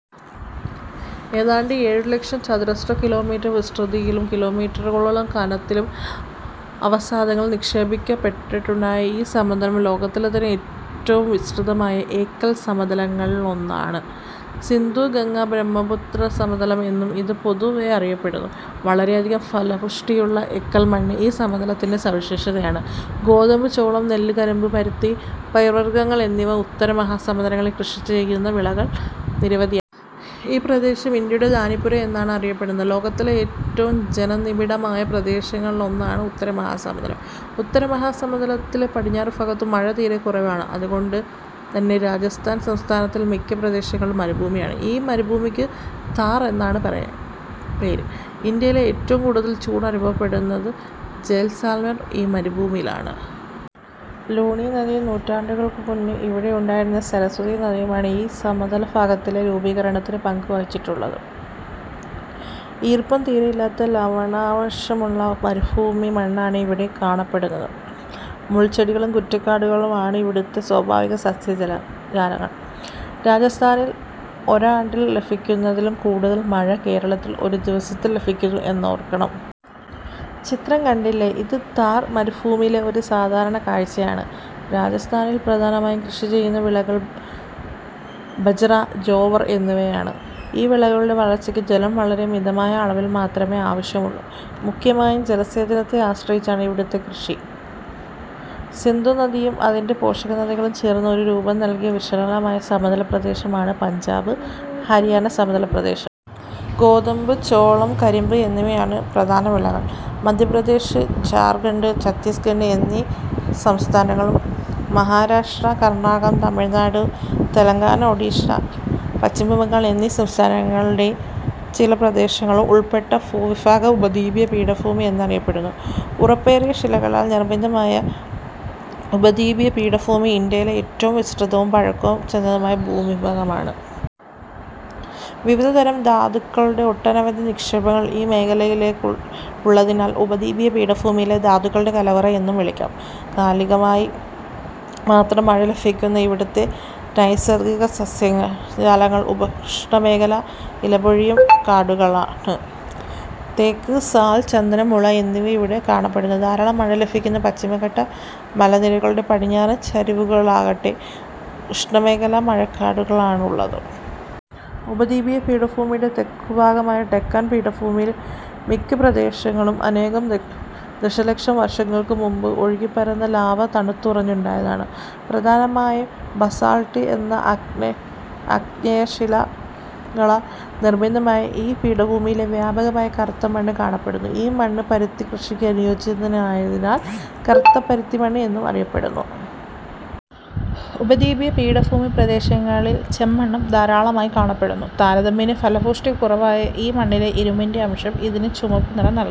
ഏതാണ്ട് ഏഴു ലക്ഷം ചതുരശ്ര കിലോ മീറ്റർ വിസ്തൃതിയിലും കിലോമീറ്ററുകളോളം കനത്തിലും അവസാദങ്ങൾ നിക്ഷേപിക്കപ്പെട്ടുണ്ടായ ഈ സമതലം ലോകത്തിലെതന്നെ ഏറ്റവും വിസ്തൃതമായ എക്കൽ സമതലങ്ങളിലൊന്നാണ്. സിന്ധു-ഗംഗ-ബ്രഹ്മ പുത്രാ സമതലം എന്നും ഇത് പൊതുവെ അറിയപ്പെടുന്നു. വളരെയധികം ഫലപുഷ്ടിയുള്ള എക്കൽമണ്ണ് ഈ സമതലത്തിന്റെ സവിശേഷതയാണ്. ഗോതമ്പ്, ചോളം, നെല്ല്, കരിമ്പ്, പരുത്തി, പയർവർഗങ്ങൾ എന്നിങ്ങനെ ഉത്തര മഹാസമതലങ്ങളിൽ കൃഷിചെയ്യുന്ന വിളകൾ നിരവധിയാണ്. ഈ പ്രദേശം ഇന്ത്യയുടെ ധാന്യപ്പുര എന്നാണ് അറിയപ്പെടുന്നത്. ലോകത്തിലെ ഏറ്റവും ജനനിബിഡമായ പ്രദേശങ്ങളിലൊന്നാണ് ഉത്തരമഹാസമതലം. ഉത്തരമഹാസമതലത്തിന്റെ പടിഞ്ഞാറു ഭാഗത്ത് മഴ തീരെ കുറവാണ്. അതു കൊണ്ടുതന്നെ രാജസ്ഥാൻ സംസ്ഥാനത്തിന്റെ മിക്ക പ്രദേശങ്ങളും മരു ഭൂമിയാണ്. ഈ മരുഭൂമിക്ക് ഥാർ എന്നാണ് പേര്. ഇന്ത്യയിൽ ഏറ്റവും കൂടുതൽ ചൂട് അനുഭവപ്പെടുന്ന ജയ്സാൽമിർ ഈ മരുഭൂമിയിലാണ്. ലൂണി നദിയും നൂറ്റാണ്ടുകൾക്കു മുമ്പ് ഇവിടെയുണ്ടായിരുന്ന സരസ്വതി നദിയുമാണ് ഈ സമതലഭാഗത്തിന്റെ രൂപീകരണത്തിൽ പങ്കു വഹിച്ചിട്ടു ള്ളത്. ഈർപ്പം തീരെയില്ലാത്ത ലവണാംശമുള്ള മരു ഭൂമിമണ്ണാണ് ഇവിടെ കാണപ്പെടുന്നത്. മുൾച്ചെടികളും കുറ്റിക്കാടുകളുമാണ് ഇവിടത്തെ സ്വാഭാവിക സസ്യജാലങ്ങൾ. രാജസ്ഥാനിൽ ഒരാണ്ടിൽ ലഭിക്കുന്നതിലും കൂടുതൽ മഴ കേരളത്തിൽ ഒരു ദിവസത്തിൽ ലഭിക്കുന്നു എന്നോർക്കണം. ചിത്രം കണ്ടില്ലേ. ഇത് ഥാർ മരുഭൂമിയിലെ ഒരു സാധാരണ കാഴ്ചയാണ്. രാജസ്ഥാനിൽ പ്രധാനമായും കൃഷിചെയ്യുന്ന വിളകൾ ബജ്റ, ജോവർ എന്നിവയാണ്. ഈ വിളകളുടെ വളർച്ചയ്ക്ക് ജലം വളരെ മിതമായ അളവിൽ മാത്രമേ ആവശ്യമുള്ളൂ. മുഖ്യമായും ജലസേചനത്തെ ആശ്രയിച്ചാണ് ഇവിടത്തെ കൃഷി. സിന്ധുനദിയും അതിന്റെ പോഷകനദികളും ചേർന്നു രൂപം നൽകിയ വിശാലമായ സമതലപ്രദേശമാണ് പഞ്ചാബ്, ഹരിയാന സമതല പ്രദേശം. ഗോതമ്പ്, ചോളം, കരിമ്പ് എന്നിവയാണ് പ്രധാന വിളകൾ. മധ്യപ്രദേശ്, ഝാർഖണ്ഡ്, ഛത്തീസ്ഗഡ് എന്നീ സംസ്ഥാനങ്ങളും മഹാരാഷ്ട്ര, കർണാടകം, തമിഴ്നാട്, തെലങ്കാന, ഒഡിഷ, പശ്ചിമബംഗാൾ എന്നീ സംസ്ഥാനങ്ങളുടെ ചില പ്രദേശങ്ങളും ഉൾപ്പെട്ട ഭൂവിഭാഗം ഉപദ്വീപീയ പീഠഭൂമി എന്നറിയപ്പെടുന്നു. ഉറപ്പേറിയ ശിലകളാൽ നിർമിതമായ ഉപദ്വീപീയ പീഠഭൂമി ഇന്ത്യയിലെ ഏറ്റവും വിസ്തൃതവും പഴക്കം ചെന്നതുമായ ഭൂവിഭാഗമാണ്. വിവിധതരം ധാതു ക്കളുടെ ഒട്ടനവധി നിക്ഷേപങ്ങൾ ഈ മേഖലയിലുള്ളതിനാൽ ഉപദ്വീപീയ പീഠഭൂമിയെ ""ധാതുക്കളുടെ കലവറ' എന്നും വിളിക്കാം. കാലികമായി മാത്രം മഴ ലഭിക്കുന്ന ഇവിടത്തെ നൈസർഗിക സസ്യജാലങ്ങൾ ഉഷ്ണമേഖലാ ഇലപൊഴിയും കാടുകളാണ്. തേക്ക്, സാൽ, ചന്ദനം, മുള എന്നിവ ഇവിടെ കാണപ്പെടുന്നു. ധാരാളം മഴ ലഭിക്കുന്ന പശ്ചിമഘട്ട മലനിരകളുടെ പടിഞ്ഞാറൻ ചരിവുകളിലാകട്ടെ, ഉഷ്ണമേഖലാ മഴക്കാടുകളാണുള്ളത്. ഉപദ്വീപീയ പീഠഭൂമിയുടെ തെക്കുഭാഗമായ ഡക്കാൺ പീഠഭൂമിയുടെ മിക്ക പ്രദേശങ്ങളും അനേകം ദശലക്ഷം വർഷങ്ങൾക്കു മുമ്പ് ഒഴുകിപ്പരന്ന ലാവ തണുത്തുറഞ്ഞുണ്ടായതാണ്. പ്രധാനമായും ബസാൾട്ട് എന്ന ആഗ്നേയശിലകളാൽ നിർമിതമായ ഈ പീഠഭൂമിയിൽ വ്യാപകമായി കറുത്ത മണ്ണ് കാണപ്പെടുന്നു. ഈ മണ്ണ് പരുത്തിക്കൃഷിക്ക് അനുയോജ്യമായതിനാൽ "കറുത്ത പരുത്തിമണ്ണ്' എന്നും അറിയപ്പെടുന്നു. ഉപദ്വീപീയ പീഠഭൂമിപ്രദേശങ്ങളിൽ ചെമ്മണ്ണും ധാരാളമായി കാണപ്പെടുന്നു. താരതമ്യേന ഫലപുഷ്ടി കുറവായ ഈ മണ്ണിലെ ഇരുമ്പിന്റെ അംശം ഇതിന് ചുവപ്പുനിറം നൽകുന്നു.